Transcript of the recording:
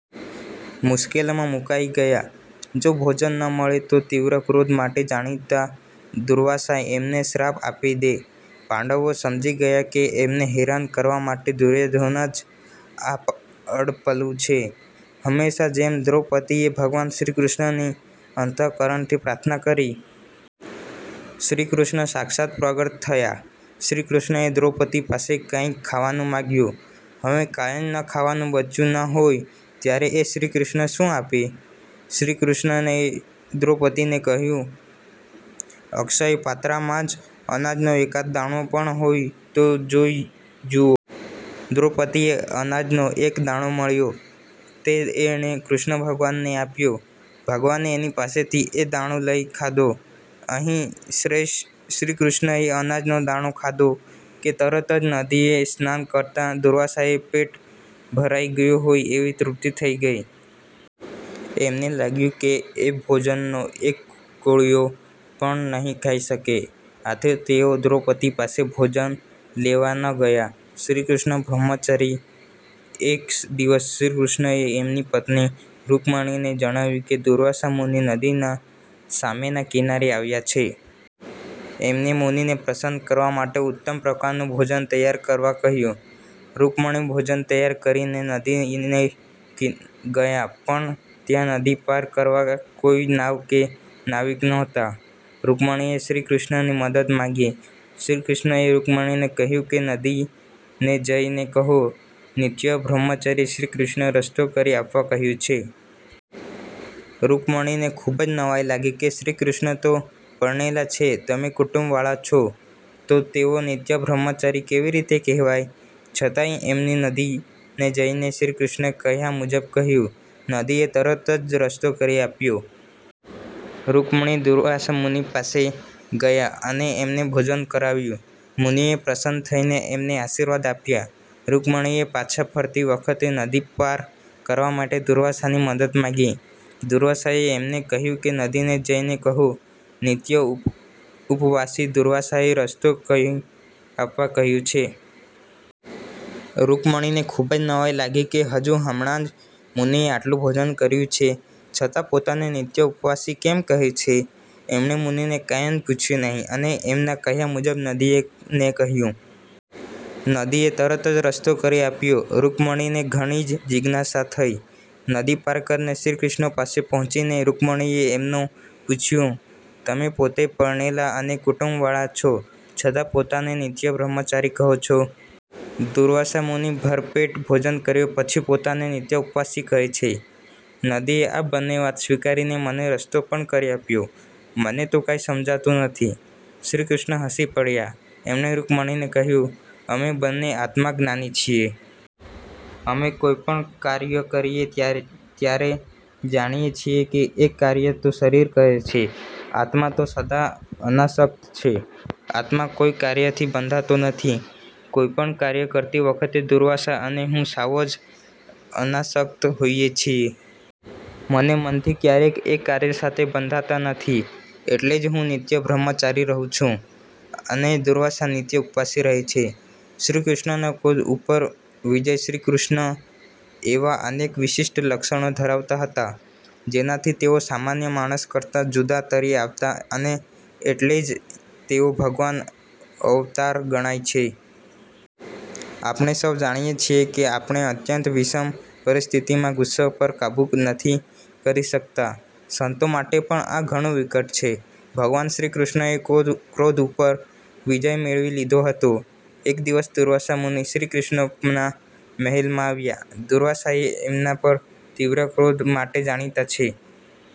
મુશ્કેલીમાં મુકાઇ ગયા. જો ભોજન ન મળે તો તીવ્ર ક્રોધ માટે જાણીતા દુર્વાસા એમને શ્રાપ આપી દે. પાંડવો સમજી ગયા કે એમને હેરાન કરવા માટે દુર્યોધનનું જ આ અડપલું છે. હંમેશની જેમ દ્રૌપદીએ ભગવાન શ્રીકૃષ્ણની અંત:કરણથી પ્રાર્થના કરી. શ્રીકૃષ્ણ સાક્ષાત પ્રગટ થયા! શ્રીકૃષ્ણએ દ્રૌપદી પાસે કાંઇક ખાવાનું માંગ્યું. હવે કાંઈ જ ખાવાનું બચ્યું ન હોય ત્યારે એ શ્રીકૃષ્ણને શું આપે? શ્રીકૃષ્ણએ દ્રૌપદીને કહ્યું કે અક્ષયપાત્રમાં અનાજનો એકાદ દાણો પણ હોય તો જોઈ જુએ. દ્રૌપદીને અનાજનો એક દાણો મળ્યો તે એણે શ્રીકૃષ્ણને આપ્યો. ભગવાને એની પાસેથી એ દાણો લઈને ખાધો. અહીં શ્રીકૃષ્ણએ અનાજનો દાણો ખાધો કે તરત જ નદીએ સ્નાન કરતા દુર્વાસાને પેટ ભરાઈ ગયું હોય એવી તૃપ્તિ થઇ ગઈ! એમને લાગ્યું કે એ ભોજનનો એક કોળિયો પણ નહીં ખાઈ શકે. આથી તેઓ દ્રૌપદી પાસે ભોજન લેવા ન ગયા. શ્રીકૃષ્ણ બ્રહ્મચારી એક દિવસ શ્રીકૃષ્ણએ એમની પત્ની રુકમિણીને જણાવ્યું કે દુર્વાસા મુનિ નદીના સામેના કિનારે આવ્યા છે. એમણે મુનિને પ્રસન્ન કરવા માટે ઉત્તમ પ્રકારનું ભોજન તૈયાર કરવા કહ્યું. રુકમિણી ભોજન તૈયાર કરીને નદીએ ગયાં પણ ત્યાં નદી પાર કરાવવા કોઈ નાવ કે નાવિક નહોતા. રુકમિણીએ શ્રીકૃષ્ણની મદદ માંગી. શ્રીકૃષ્ણએ રુકમિણીને કહ્યું કે નદીને જઈને કહો, "નિત્ય બ્રહ્મચારી કૃષ્ણએ રસ્તો કરી આપવા કહ્યું છે". રુકમિણીને ખુબ જ નવાઈ લાગી કે શ્રીકૃષ્ણ તો પરણેલા છે અને કુટુંબ વાળા છે તો તેઓ નિત્ય બ્રહ્મચારી કેવી રીતે કહેવાય? છતાંય એમણે નદીને જઈને શ્રીકૃષ્ણએ કહ્યા મુજબ કહ્યું. નદીએ તરત જ રસ્તો કરી આપ્યો. રુકમિણી દુર્વાસા મુનિ પાસે ગયાં અને એમને ભોજન કરાવ્યું. મુનિએ પ્રસન્ન થઈને એમને આશીર્વાદ આપ્યા. રુકમિણીએ પાછા ફરતી વખતે નદી પાર કરવા માટે દુર્વાસાની મદદ માંગી. દુર્વાસાએ એમને કહ્યું કે નદીને જઈને કહો, "નિત્ય ઉપવાસી દુર્વાસાએ રસ્તો કરી આપવા કહ્યું છે". રુકમિણીને ખુબ જ નવાઈ લાગી કે હજી હમણાં જ મુનિએ આટલું ભોજન કર્યું છે છતાં પોતાને નિત્ય ઉપવાસી કેમ કહે છે? એમણે મુનિને કાંઈ જ પૂછ્યું નહીં અને એમના કહ્યા મુજબ નદીને કહ્યું. નદીએ તરત જ રસ્તો કરી આપ્યો. રુકમિણીને ઘણી જ જીજ્ઞાસા થઇ. નદી પાર કરીને શ્રીકૃષ્ણ પાસે પહોંચીને રુકમિણીએ એમને પૂછ્યું, "તમે પોતે પરણેલા અને કુટુંબ વાળા છો છતાં પોતાને નિત્ય બ્રહ્મચારી કહો છો. દુર્વાસા મુનિ ભરપેટ ભોજન કર્યા પછી પોતાને નિત્ય ઉપવાસી કહે છે. નદીએ આ બંને વાત સ્વીકારીને મને રસ્તો પણ કરી આપ્યો. મને તો કાંઈ સમજાતું નથી". શ્રીકૃષ્ણ હસી પડ્યા. એમણે રુકમિણીને કહ્યું, "અમે બંને આત્મજ્ઞાની છીએ. અમે કોઈ પણ કાર્ય કરીએ ત્યારે જાણીએ છીએ કે એ કાર્ય તો શરીર કરે છે. આત્મા તો સદા અનાસક્ત છે આત્મા કોઈ કાર્યથી બંધાતો નથી. કોઈ પણ કાર્ય કરતી વખતે દુર્વાસા અને હું સાવ જ અનાસક્ત હોઈએ છીએ. અમે મનથી ક્યારેય એ કાર્ય સાથે બંધાતા નથી. એટલે જ હું નિત્ય બ્રહ્મચારી છું અને દુર્વાસા નિત્ય ઉપવાસી છે". શ્રીકૃષ્ણનો ક્રોધ ઉપર વિજય શ્રીકૃષ્ણ એવા અનેક વિશિષ્ઠ લક્ષણો ધરાવતા હતા જેનાથી તેઓ સામાન્ય માણસ કરતાં જુદા તરી આવતા અને એટલે જ તેઓ ભગવાનના અવતાર ગણાય છે. આપણે સૌ જાણીએ છીએ કે આપણે અત્યંત વિષમ પરિસ્થિતિમાં ગુસ્સા પર કાબુ નથી કરી શકતા. સંતો માટે પણ આ ઘણું વિકટ છે. ભગવાન શ્રીકૃષ્ણએ ક્રોધ ઉપર વિજય મેળવી લીધો હતો. એક દિવસ દુર્વાસા મુનિ શ્રીકૃષ્ણના મહેલમાં આવ્યા. દુર્વાસા એમના તીવ્ર ક્રોધ માટે જાણીતા છે.